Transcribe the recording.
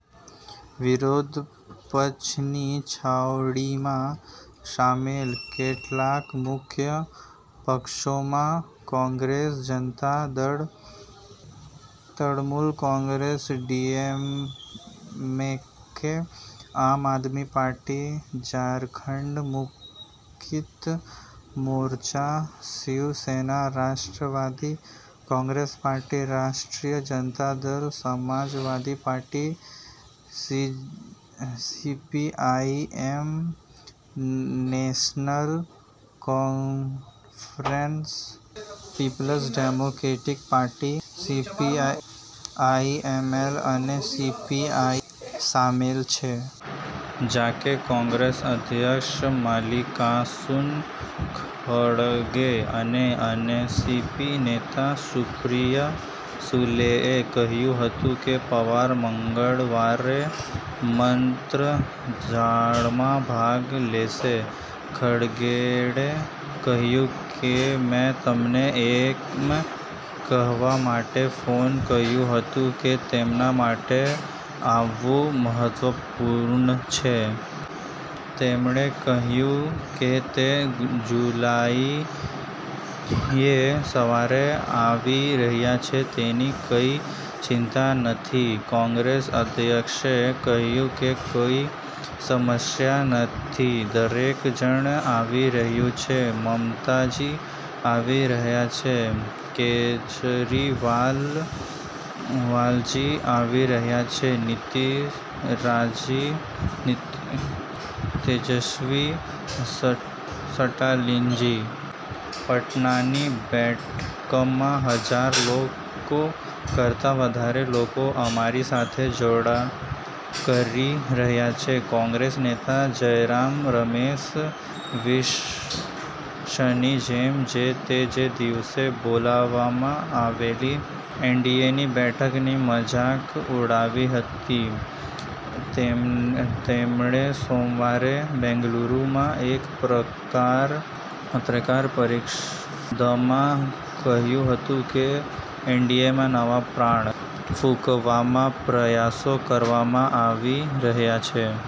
વિરોધ પક્ષની છાવણીમાં સામેલ કેટલાક મુખ્ય પક્ષોમાં કોંગ્રેસ, જનતા દળ, તૃણમૂલ કોંગ્રેસ, ડીએમકે, આમ આદમી પાર્ટી, ઝારખંડ મુક્તિ મોરચા, શિવસેના, રાષ્ટ્રવાદી Congress party; Rashtriya Janata Dal, Samajwadi Party, CPIM, National Conference, Peoples Democratic Party, CPIML અને સીપીઆઈ સામેલ છે.: જોકે કોંગ્રેસ અધ્યક્ષ મલ્લિકાર્જુન ખડગે અને એનસીપી નેતા સુપ્રિયા સુલેએ કહ્યું હતું કે પવાર મંગળવારે મંત્રણામાં ભાગ લેશે. ખડગેએ કહ્યું કે મેં તેમને એમ કહેવા માટે ફોન કર્યો હતો કે તેમના માટે આવવું મહત્વપૂર્ણ છે. તેમણે કહ્યું કે તે જુલાઈએ સવારે આવી રહ્યા છે, તેની કોઈ ચિંતા નથી. કોંગ્રેસ અધ્યક્ષે કહ્યું કે કોઈ સમસ્યા નથી, દરેક જણ આવી રહ્યું છે. મમતાજી આવી રહ્યા છે, કેજરીવાલજી આવી રહ્યા છે, નીતિશજી, તેજસ્વીજી, સ્ટાલિનજી. પટનાની બેઠકમાં હાજર લોકો કરતા વધારે લોકો અમારી સાથે જોડાણ કરી રહ્યા છે. કોંગ્રેસ નેતા જયરામ રમેશે વિપક્ષની જેમ જ તે જ દિવસે બોલાવવામાં આવેલી એનડીએની બેઠકની મજાક ઉડાવી હતી. તેમણે સોમવારે બેંગલુરુમાં એક પત્રકાર પરિષદમાં કહ્યું હતું કે એનડીએમાં નવા પ્રાણ ફૂંકવાના પ્રયાસો કરવામાં આવી રહ્યા છે.